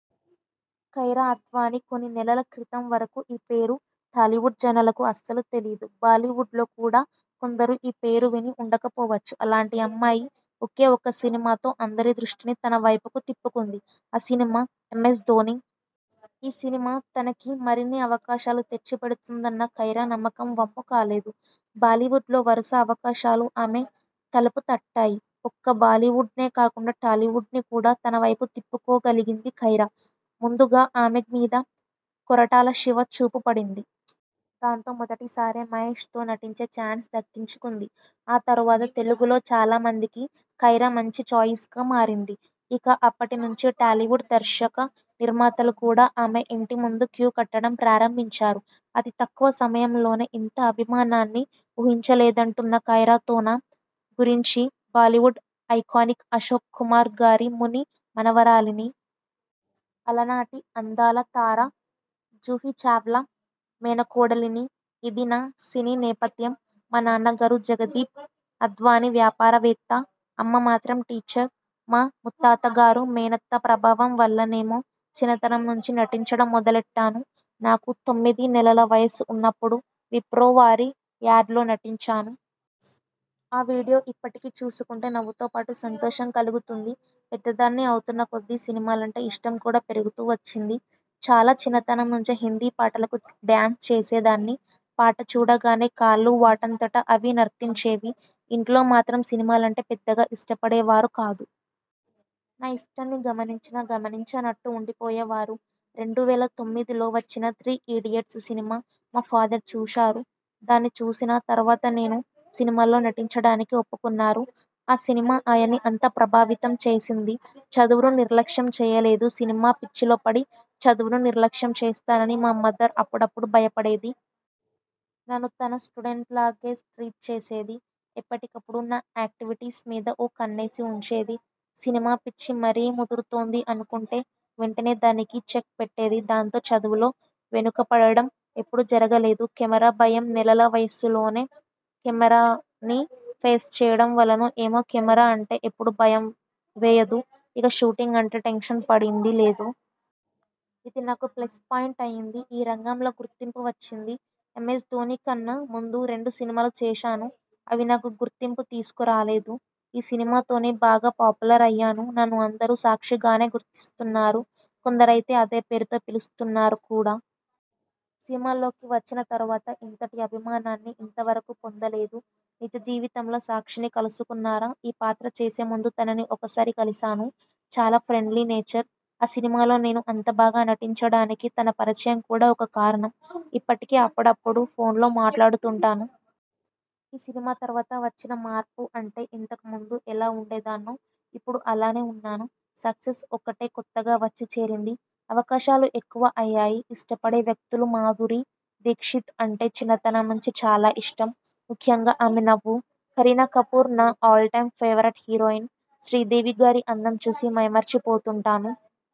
కైరా అద్వాని కొన్ని నెలల క్రితం వరకూ ఈ పేరు టాలీవుడ్ జనాలకు అస్సలు తెలీదు. బాలీవుడ్ లో కూడా కొందరు ఈ పేరు విని ఉండకపోవచ్చు. అలాంటి అమ్మాయి ఒకే ఒక్క సినిమాతో అందరి దృష్టిని తన వైపుకు తిప్పుకుంది. ఆ సినిమా 'ఎంఎస్ ధోని'. ఈ సినిమా తనకి మరిన్ని అవకాశాలు తెచ్చి పెడుతుందన్న కైరా నమ్మకం వమ్ము కాలేదు. బాలీవుడ్లో వరుస అవకాశాలు ఆమె తలుపు తట్టాయి. ఒక్క బాలీవుడ్ నే కాకుండా టాలీవుడ్ ని కూడా తన వైపు తిప్పుకోగలిగింది కైరా. ముందుగా ఆమె మీద కొరటాల శివ చూపు పడింది. దాంతో మొదటిసారే మహేష్ తో నటించే ఛాన్స్ దక్కించుకుంది. ఆ తరువాత తెలుగులో చాలామందికి కైరా మంచి ఛాయిస్ గా మారింది. ఇక అప్పటి నుంచీ టాలీవుడ్ దర్శకనిర్మాతలు కూడా ఆమె ఇంటి ముందు క్యూ కట్టడం ప్రారంభించారు. అతి తక్కువ సమయంలోనే ఇంత అభిమానాన్ని ఊహించలేదంటున్న కైరాతోనా గురించిబాలీవుడ్ ఐకానిక్ అశోక్ కుమార్ గారి ముని మనవరాలిని. అలనాటి అందాల తార జుహీచావ్లా మేనకోడలిని. ఇదీ నా సినీ నేపథ్యం. మా నాన్నగారు జగదీప్ అద్వాని వ్యాపారవేత్త. అమ్మ మాత్రం టీచర్. మా ముత్తాతగారు, మేనత్త ప్రభావం వల్లనేమో చిన్నతనం నుంచీ నటించడం మొదలెట్టాను. నాకు తొమ్మిది నెలల వయస్సు ఉన్నప్పుడు విప్రోవారి యాడ్లో నటించాను. ఆ వీడియో ఇప్పటికీ చూసుకుంటే నవ్వుతో పాటు సంతోషం కలుగుతుంది. పెద్దదాన్ని అవుతున్న కొద్దీ సినిమాలంటే ఇష్టం కూడా పెరుగుతూ వచ్చింది. చాలా చిన్నతనం నుంచే హిందీ పాటలకు డ్యాన్స్ చేసేదాన్ని. పాట చూడగానే కాళ్ళు వాటంతట అవి నర్తించేవి. ఇంట్లో మాత్రం సినిమాలంటే పెద్దగా ఇష్టపడేవారు కాదు. నా ఇష్టాన్ని గమనించినా గమనించనట్టు ఉండిపోయేవారు. రెండు వేల తొమ్మిదిలో వచ్చిన 'త్రీ ఇడియెట్స్' సినిమా మా ఫాదర్ చూశారు. దాన్ని చూసిన తరువాత నేను సినిమాల్లో నటించడానికి ఒప్పుకున్నారు. ఆ సినిమా ఆయన్ని అంత ప్రభావితం చేసింది. చదువును నిర్లక్ష్యం చేయలేదు సినిమా పిచ్చిలో పడి చదువును నిర్లక్ష్యం చేస్తానని మా మదర్ అప్పుడప్పుడు భయపడేది. నన్ను తన స్టూడెంట్లాగే ట్రీట్ చేసేది. ఎప్పటికప్పుడు నా యాక్టివిటీస్ మీద ఓ కన్నేసి ఉంచేది. సినిమా పిచ్చి మరీ ముదురుతోంది అనుకుంటే వెంటనే దానికి చెక్ పెట్టేది. దాంతో చదువులో వెనుకపడడం ఎప్పుడూ జరగలేదు. కెమెరా భయం నెలల వయస్సులోనే కెమెరాని ఫేస్ చేయడం వలనో ఏమో కెమెరా అంటే ఎప్పుడూ భయం వేయదు ఇక షూటింగ్ అంటే టెన్షన్ పడిందీ లేదు. ఇది నాకు ప్లస్ పాయింట్ అయింది. ఈ రంగంలో గుర్తింపు వచ్చింది'ఎం స్ ధోని' కన్నా ముందు రెండు సినిమాలు చేశాను. అవి నాకు గుర్తింపు తీసుకురాలేదు. ఈ సినిమాతోనే బాగా పాపులర్ అయ్యాను. నన్ను అందరూ సాక్షిగానే గుర్తిస్తున్నారు. కొందరయితే అదే పేరుతో పిలుస్తున్నారు కూడా! సినిమాల్లోకి వచ్చిన తరువాత ఇంతటి అభిమానాన్ని ఇంతవరకూ పొందలేదు. నిజజీవితంలో సాక్షిని కలుసుకున్నారా? ఈ పాత్ర చేసేముందు తనని ఒకసారి కలిసాను. చాలా ఫ్రెండ్లీ నేచర్. ఆ సినిమాలో నేను అంత బాగా నటించడానికి తన పరిచయం కూడా ఒక కారణం. ఇప్పటికీ అప్పుడప్పుడు ఫోన్లో మాట్లాడుతుంటాను. ఈ సినిమా తరువాత వచ్చిన మార్పు అంటే ఇంతకు ముందు ఎలా ఉండేదాన్నో ఇప్పుడూ అలాగే ఉన్నాను. సక్సెస్ ఒక్కటే కొత్తగా వచ్చి చేరింది. అవకాశాలు ఎక్కువ అయ్యాయి. ఇష్టపడే వ్యక్తులుమాధురీ దీక్షిత్ అంటే చిన్నతనం నుంచి చాలా ఇష్టం. ముఖ్యంగా ఆమె నవ్వు. కరీనాకపూర్ నా all time favourite heroine. Sridevi గారి అందం చూసి మైమరిచిపోతుంటాను.